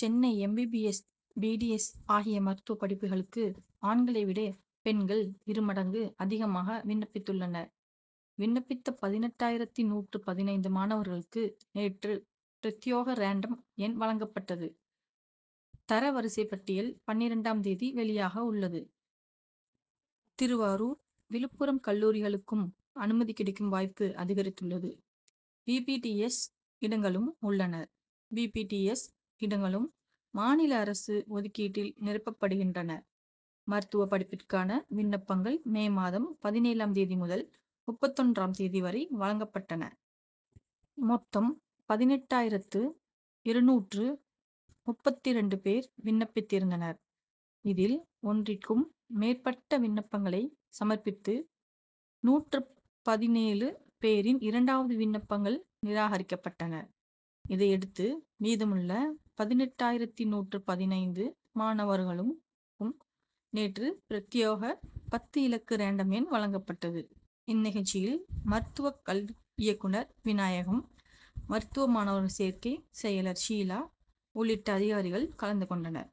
Chennai M. B. B. S. B. D. S. ஆகிய மருத்துவ படிப்புகளுக்கு ஆண்களை விட பெண்கள் இரு மடங்கு அதிகமாக விண்ணப்பித்துள்ளனர். விண்ணப்பித்த பதினெட்டாயிரத்து நூற்று பதினைந்து மாணவர்களுக்கு நேற்று பிரத்யேக ரேண்டம் எண் வழங்கப்பட்டது. தர வரிசைப்பட்டியல் பன்னிரண்டாம் தேதி வெளியாக உள்ளது. திருவாரூர் விழுப்புரம் கல்லூரிகளுக்கும் அனுமதி கிடைக்கும் வாய்ப்பு அதிகரித்துள்ளது. பி. பி. டி. எஸ். இடங்களும் உள்ளன. பி. பி. டி. எஸ். இடங்களும் மாநில அரசு ஒதுக்கீட்டில் நிரப்பப்படுகின்றன. மருத்துவப் படிப்பிற்கான விண்ணப்பங்கள் மே மாதம் பதினேழாம் தேதி முதல் முப்பத்தொன்றாம் தேதி வரை வழங்கப்பட்டன. மொத்தம் பதினெட்டாயிரத்து இருநூற்று முப்பத்திரண்டு பேர் விண்ணப்பித்திருந்தனர். இதில் ஒன்றிற்கும் மேற்பட்ட விண்ணப்பங்களை சமர்ப்பித்த நூற்று பதினேழு பேரின் இரண்டாவது விண்ணப்பங்கள் நிராகரிக்கப்பட்டன. இதையடுத்து மீதமுள்ள பதினெட்டாயிரத்து நூற்று பதினைந்து மாணவர்களுக்கு நேற்று பிரத்யேக பத்து இலக்க ரேண்டம் எண் வழங்கப்பட்டது. இந்நிகழ்ச்சியில் மருத்துவக் கல்வி இயக்குனர் விநாயகம் மருத்துவ மாணவர் சேர்க்கை செயலர் ஷீலா உள்ளிட்ட அதிகாரிகள் கலந்து கொண்டனர்.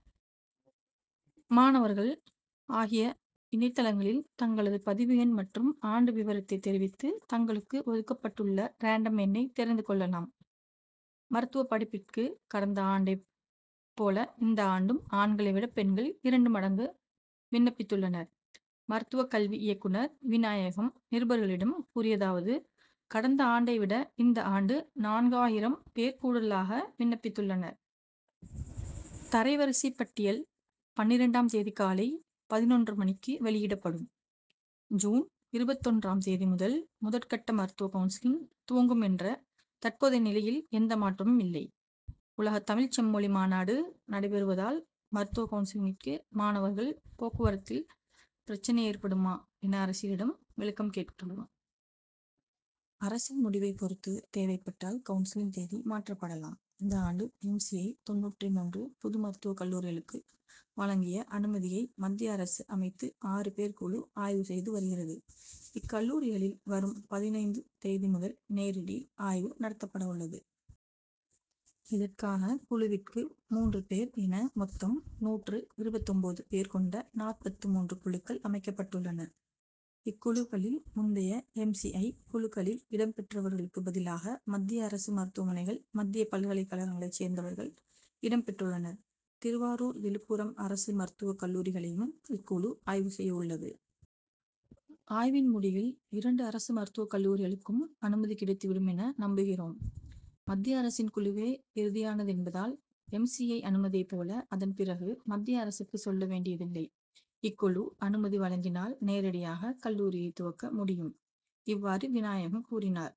மாணவர்கள் ஆகிய இணையதளங்களில் தங்களது பதிவு எண் மற்றும் ஆண்டு விவரத்தை தெரிவித்து தங்களுக்கு ஒதுக்கப்பட்டுள்ள ரேண்டம் எண்ணை தெரிந்து கொள்ளலாம். மருத்துவப் படிப்பிற்கு கடந்த ஆண்டைப் போல இந்த ஆண்டும் ஆண்களை விட பெண்கள் இரண்டு மடங்கு விண்ணப்பித்துள்ளனர். மருத்துவக் கல்வி இயக்குனர் விநாயகம் நிருபர்களிடம் கூறியதாவது கடந்த ஆண்டை விட இந்த ஆண்டு நான்காயிரம் பேர் கூடுதலாக விண்ணப்பித்துள்ளனர். தரவரிசைப் பட்டியல் பன்னிரண்டாம் தேதி காலை பதினொன்று மணிக்கு வெளியிடப்படும். ஜூன் இருபத்தொன்றாம் தேதி முதல் முதற்கட்ட மருத்துவக் கவுன்சிலிங் துவங்கும் என்ற தற்போதைய நிலையில் எந்த மாற்றமும் இல்லை. உலகத் தமிழ்ச் செம்மொழி மாநாடு நடைபெறுவதால் மருத்துவக் கவுன்சிலிங்கிற்கு மாணவர்கள் போக்குவரத்தில் பிரச்னை ஏற்படுமா என அரசிடம் விளக்கம் கேட்டுள்ளோம். அரசின் முடிவைப் பொறுத்து தேவைப்பட்டால் கவுன்சிலிங் தேதி மாற்றப்படலாம். இந்த ஆண்டு எம். சி. ஐ. தொண்ணூற்று மூன்று புது மருத்துவக் கல்லூரிகளுக்கு வழங்கிய அனுமதியை மத்திய அரசு அமைத்த ஆறு பேர் குழு ஆய்வு செய்து வருகிறது. இக்கல்லூரிகளில் வரும் பதினைந்து தேதி முதல் நேரடி ஆய்வு நடத்தப்படவுள்ளது. இதற்காக குழுவிற்கு மூன்று பேர் என மொத்தம் நூற்று இருபத்தொன்பது பேர் கொண்ட நாற்பத்து மூன்று குழுக்கள் அமைக்கப்பட்டுள்ளன. இக்குழுக்களில் முந்தைய எம். சி. ஐ. குழுக்களில் இடம் பெற்றவர்களுக்கு பதிலாக மத்திய அரசு மருத்துவமனைகள் மத்திய பல்கலைக் கழகங்களைச் சேர்ந்தவர்கள் இடம்பெற்றுள்ளனர். திருவாரூர் விழுப்புரம் அரசு மருத்துவக் கல்லூரிகளையும் இக்குழு ஆய்வு செய்யவுள்ளது. ஆய்வின் முடிவில் இரண்டு அரசு மருத்துவக் கல்லூரிகளுக்கும் அனுமதி கிடைத்து விடும் என நம்புகிறோம். மத்திய அரசின் குழுவே இறுதியானது என்பதால் எம். சி. ஐ. அனுமதியைப் போல அதன்பிறகு மத்திய அரசுக்கு செல்ல வேண்டியதில்லை. இக்குழு அனுமதி வழங்கினால் நேரடியாக கல்லூரியை துவக்க முடியும். இவ்வாறு விநாயகம் கூறினார்.